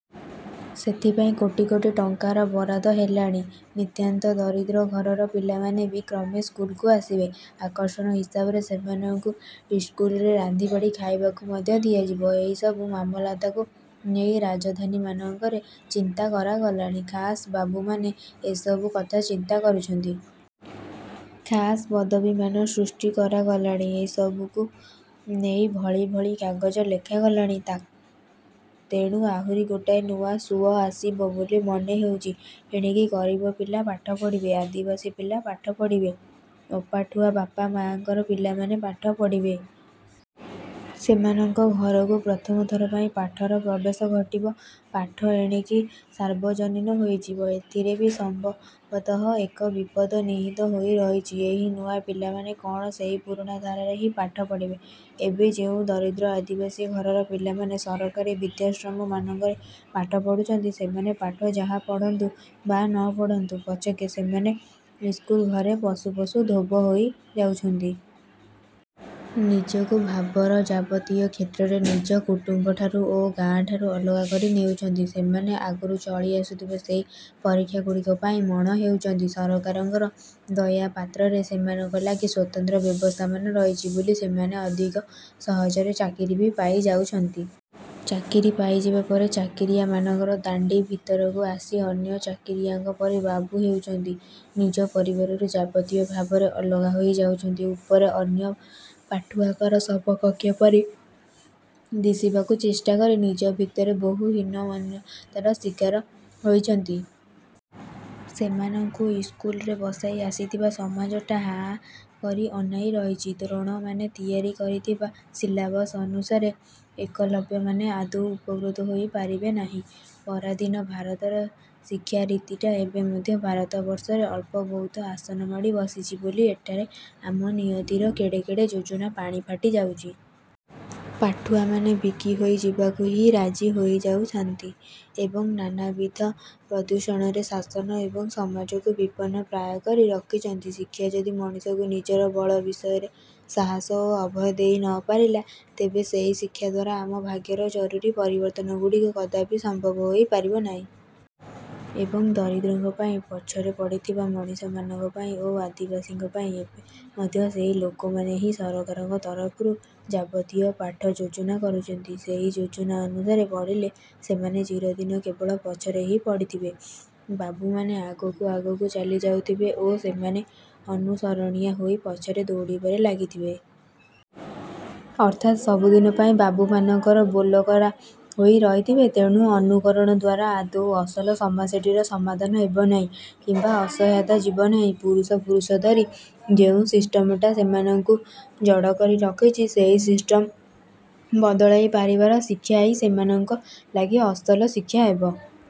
ସେଥିପାଇଁ କୋଟି କୋଟି ଟଙ୍କାର ବରାଦ ହେଲାଣି। ନିତାନ୍ତ ଦରିଦ୍ର ଘରର ପିଲାମାନେ ବି କ୍ରମେ ସ୍କୁଲକୁ ଆସିବେ। ଆକର୍ଷଣ ହିସାବରେ ସେମାନଙ୍କୁ ଇସ୍କୁଲରେ ରାନ୍ଧିବାଢ଼ି ଖାଇବାକୁ ମଧ୍ୟ ଦିଆଯିବ। ଏହିସବୁ ମାମଲତକୁ ନେଇ ରାଜଧାନୀମାନଙ୍କରେ ଚିନ୍ତା କରାଗଲାଣି। ଖାସ୍ ବାବୁମାନେ ଏସବୁ କଥା ଚିନ୍ତା କରୁଛନ୍ତି। ଖାସ୍ ପଦବୀମାନ ସୃଷ୍ଟି କରାଗଲାଣି। ଏସବୁକୁ ନେଇ ଭଳି ଭଳି କାଗଜ ଲେଖାଗଲାଣି। ତେଣୁ ଆହୁରି ଗୋଟାଏ ନୂଆ ସୁଅ ଆସିବ ବୋଲି ମନେ ହେଉଛି। ଏଣିକି ଗରିବ ପିଲା ପାଠ ପଢ଼ିବେ। ଆଦିବାସୀ ପିଲା ପାଠ ପଢ଼ିବେ, ଅପାଠୁଆ ବାପା ମାଆଙ୍କର ପିଲାମାନେ ପାଠ ପଢ଼ିବେ। ସେମାନଙ୍କ ଘରକୁ ପ୍ରଥମ ଥର ପାଇଁ ପାଠର ପ୍ରବେଶ ଘଟିବ। ପାଠ ଏଣିକି ସାର୍ବଜନୀନ ହୋଇଯିବ। ଏଥିରେ ବି ସମ୍ଭବତଃ ଏକ ବିପଦ ନିହିତ ହୋଇ ରହିଛି। ଏହି ନୂଆ ପିଲାମାନେ କ'ଣ ସେହି ପୁରୁଣା ଧାରାରେ ହିଁ ପାଠ ପଢ଼ିବେ? ଏବେ ଯେଉଁ ଦରିଦ୍ର ଆଦିବାସୀ ଘରର ପିଲାମାନେ ସରକାରୀ ବିଦ୍ୟାଶ୍ରମ ମାନଙ୍କରେ ପାଠ ପଢୁଛନ୍ତି, ସେମାନେ ପାଠ ଯାହା ପଢ଼ନ୍ତୁ ବା ନପଢ଼ନ୍ତୁ ପଛକେ, ସେମାନେ ଇସ୍କୁଲ ଘରେ ପଶୁ ପଶୁ ଧୋବ ହୋଇ ଯାଉଛନ୍ତି-। ନିଜକୁ ଭାବର ଯାବତୀୟ କ୍ଷେତ୍ରରେ ନିଜ କୁଟୁମ୍ବଠାରୁ ଓ ଗାଁ ଠାରୁ ଅଲଗା କରି ନେଉଛନ୍ତି। ସେମାନେ ଆଗରୁ ଚଳି ଆସୁଥିବା ସେହି ପରୀକ୍ଷାଗୁଡ଼ିକ ପାଇଁ ମଣ ହେଉଛନ୍ତି। ସରକାରଙ୍କର ଦୟାପାତ୍ରରେ ସେମାନଙ୍କ ଲାଗି ସ୍ୱତନ୍ତ୍ର ବ୍ୟବସ୍ଥାମାନ ରହିଛି ବୋଲି ସେମାନେ ଅଧିକ ସହଜରେ ଚାକିରି ବି ପାଇ ଯାଉଛନ୍ତି। ଚାକିରି ପାଇଯିବା ପରେ ଚାକିରିଆ ମାନଙ୍କର ଦାଣ୍ଡି ଭିତରକୁ ଆସି ଅନ୍ୟ ଚାକିରିଆଙ୍କ ପରି ବାବୁ ହେଉଛନ୍ତି। ନିଜ ପରିବାରରୁ ଯାବତୀୟ ଭାବରେ ଅଲଗା ହୋଇ ଯାଉଛନ୍ତି। ଉପରେ ଅନ୍ୟ ପାଠୁଆଙ୍କର ସମକକ୍ଷ ପରି ଦିଶିବାକୁ ଚେଷ୍ଟା କରି ନିଜ ଭିତରେ ବହୁ ହୀନମନ୍ୟତାର ଶିକାର ହୋଇଛନ୍ତି। ସେମାନଙ୍କୁ ଇସ୍କୁଲରେ ବସାଇ ଆସିଥିବା ସମାଜଟା ଆଁ କରି ଅନାଇ ରହିଛି। ଦ୍ରୋଣମାନେ ତିଆରି କରିଥିବା ସିଲାବସ୍ ଅନୁସାରେ ଏକଲବ୍ୟମାନେ ଆଦୌ ଉପକୃତ ହୋଇ ପାରିବେନାହିଁ। ପରାଧୀନ ଭାରତର ଶିକ୍ଷାରୀତିଟା ଏବେ ମଧ୍ୟ ଭାରତବର୍ଷରେ ଅଳ୍ପବହୁତ ଆସନ ମାଡ଼ି ବସିଛି ବୋଲି ଏଠାରେ ଆମ ନିୟତିର କେଡ଼େ କେଡ଼େ ଯୋଜନା ପାଣି ଫାଟି ଯାଉଛି। ପାଠୁଆମାନେ ବିକି ହୋଇ ଯିବାକୁ ହିଁ ରାଜି ହୋଇଯାଉଛନ୍ତି ଏବଂ ନାନାବିଧ ପ୍ରଦୂଷଣରେ ଶାସନ ଏବଂ ସମାଜକୁ ବିପନ୍ନ ପ୍ରାୟ କରି ରଖିଛନ୍ତି। ଶିକ୍ଷା ଯଦି ମଣିଷକୁ ନିଜର ବଳ ବିଷୟରେ ସାହସ ଓ ଅଭୟ ଦେଇ ନପାରିଲା, ତେବେ ସେହି ଶିକ୍ଷାଦ୍ଵାରା ଆମ ଭାଗ୍ୟର ଜରୁରୀ ପରିବର୍ତ୍ତନଗୁଡ଼ିକ କଦାପି ସମ୍ଭବ ହୋଇ ପାରିବନାହିଁ। ଏବଂ ଦରିଦ୍ରଙ୍କ ପାଇଁ, ପଛରେ ପଡ଼ିଥିବା ମଣିଷମାନଙ୍କ ପାଇଁ ଓ ଆଦିବାସୀଙ୍କ ପାଇଁ ଏବେ ମଧ୍ୟ ସେହି ଲୋକମାନେ ହିଁ ସରକାରଙ୍କ ତରଫରୁ ଯାବତୀୟ ପାଠଯୋଜନା କରୁଛନ୍ତି। ସେହି ଯୋଜନା ଅନୁସାରେ ପଢ଼ିଲେ ସେମାନେ ଚିରଦିନ କେବଳ ପଛରେ ହିଁ ପଡ଼ିଥବେ। ବାବୁମାନେ ଆଗକୁ ଆଗକୁ ଚାଲିଯାଉଥିବେ ଓ ଏମାନେ ଅନୁସରଣିଆ ହୋଇ ପଛରେ ଦୌଡ଼ିବାରେ ଲାଗିଥିବେ। ଅର୍ଥାତ୍ ସବୁଦିନ ପାଇଁ ବାବୁମାନଙ୍କର ବୋଲକରା ହୋଇ ରହିଥିବେ। ତେଣୁ ଅନୁକରଣ। ଦ୍ଵାରା ଆଦୌ ଅସଲ ସମସ୍ୟାଟିର ସମାଧାନ ହେବନାହିଁ କିମ୍ବା ଅସହାୟତା ଯିବନାହିଁ। ପୁରୁଷ ପୁରୁଷ ଧରି ଯେଉଁ ସିଷ୍ଟମଟା ସେମାନଙ୍କୁ ଜଡ଼ କରି ରଖିଛି, ସେହି ସିଷ୍ଟମ୍କୁ ବଦଳାଇ ପାରିବାର ଶିକ୍ଷାହିଁ ସେମାନଙ୍କ ଲାଗି ଅସଲ ଶିକ୍ଷା ହେବ।